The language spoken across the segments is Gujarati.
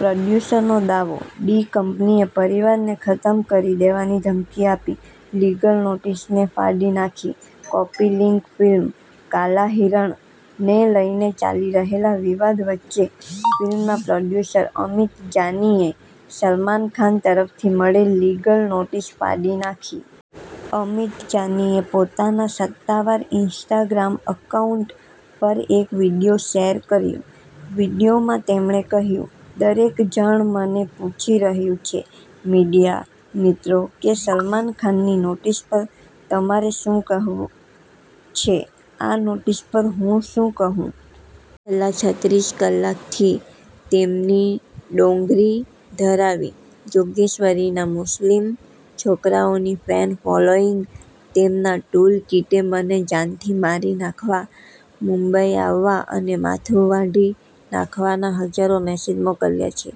પ્રોડ્યુસરનો દાવો:- "ડી-કંપનીએ પરિવારને ખતમ કરી દેવાની ધમકી આપી"; લીગલ નોટિસને ફાડી નાખી. કૉપી લિંક ફિલ્મ 'કાલા હિરણ'ને લઈને ચાલી રહેલા વિવાદ વચ્ચે ફિલ્મના પ્રોડ્યુસર અમિત જાનીએ સલમાન ખાન તરફથી મળેલ લીગલ નોટિસ ફાડી નાખી છે. અમિત જાનીએ પોતાના સત્તાવાર ઇન્સ્ટાગ્રામ એકાઉન્ટ પર એક વીડિયો શેર કર્યો. વીડિયોમાં તેમણે કહ્યું, "દરેક જણ મને પૂછી રહ્યું છે, મીડિયા, મિત્રો, કે સલમાન ખાનની નોટિસ પર તમારે શું કહેવું છે? આ નોટિસ પર હું શું કહું? છેલ્લા છત્રીસ કલાકથી તેમની ડોંગરી, ધારાવી, જોગેશ્વરીના મુસ્લિમ છોકરાઓની ફેન ફોલોઈંગ, તેમના ટૂલકિટે મને જાનથી મારી નાખવા, મુંબઈ આવવા અને માથું વાઢી નાખવાના હજારો મેસેજ મોકલ્યા છે,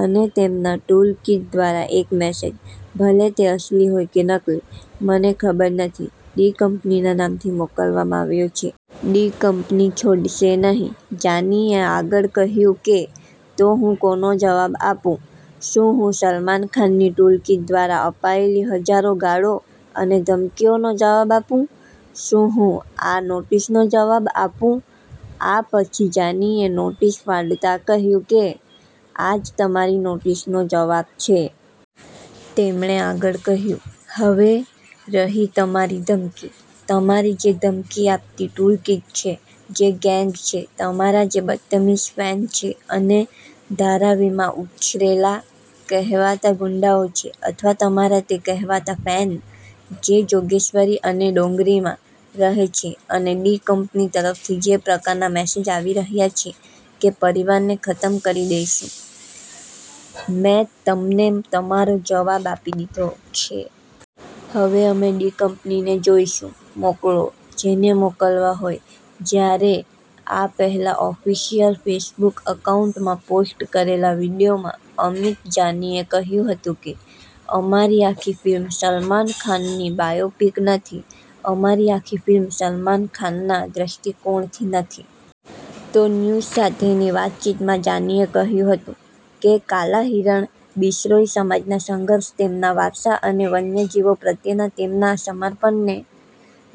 અને તેમના ટૂલકિટ દ્વારા એક મેસેજ, ભલે તે અસલી હોય કે નકલી, મને ખબર નથી, ડી-કંપનીના નામથી મોકલવામાં આવ્યો છે. ડી-કંપની છોડશે નહીં." જાનીએ આગળ કહ્યું કે, "તો હું કોનો જવાબ આપું? શું હું સલમાન ખાનની ટૂલકિટ દ્વારા અપાયેલી હજારો ગાળો અને ધમકીઓનો જવાબ આપું? શું હું આ નોટિસનો જવાબ આપું?" આ પછી જાનીએ નોટિસ ફાડતા કહ્યું કે, "આ જ તમારી નોટિસનો જવાબ છે." તેમણે આગળ કહ્યું, "હવે રહી તમારી ધમકી, તમારી જે ધમકી આપતી ટૂલકિટ છે, જે ગેંગ છે, તમારા જે બદતમીઝ ફેન છે, અને ધારાવીમાં ઉછરેલા કહેવાતા ગુંડાઓ છે, અથવા તમારા તે કહેવાતા ફેન જે જોગેશ્વરી અને ડોંગરીમાં રહે છે, અને ડી-કંપની તરફથી જે પ્રકારના મેસેજ આવી રહ્યા છે કે પરિવારને ખતમ કરી દઈશું, મેં તમને તમારો જવાબ આપી દીધો છે. હવે અમે ડી-કંપનીને જોઈશું. મોકલો, જેને મોકલવા હોય." જ્યારે, આ પહેલા ઓફિશિયલ ફેસબુક એકાઉન્ટમાં પોસ્ટ કરેલા વીડિયોમાં અમિત જાનીએ કહ્યું હતું કે, "અમારી આખી ફિલ્મ સલમાન ખાનની બાયોપિક નથી. અમારી આખી ફિલ્મ સલમાન ખાનના દૃષ્ટિકોણથી નથી." તો ન્યૂઝ સાથેની વાતચીતમાં જાનીએ કહ્યું હતું કે, ''કાલા હિરણ' બિશ્નોઈ સમાજના સંઘર્ષ, તેમના વારસા અને વન્યજીવો પ્રત્યેના તેમના સમર્પણને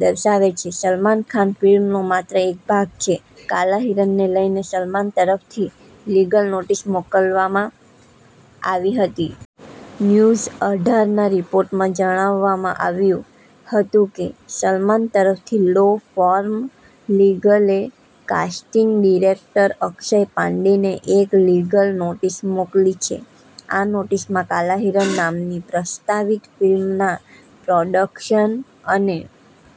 દર્શાવે છે. સલમાન ખાન ફિલ્મનો માત્ર એક ભાગ છે." 'કાલા હિરણ'ને લઈને સલમાન તરફથી લીગલ નોટિસ મોકલવામાં આવી હતી. ન્યૂઝ અઢારના રિપોર્ટમાં જણાવવામાં આવ્યું હતું કે, "સલમાન તરફથી લો ફર્મ લીગલે કાસ્ટિંગ ડિરેક્ટર અક્ષય પાંડેને એક લીગલ નોટિસ મોકલી છે. આ નોટિસમાં 'કાલા હિરણ' નામની પ્રસ્તાવિત ફિલ્મના પ્રોડક્શન અને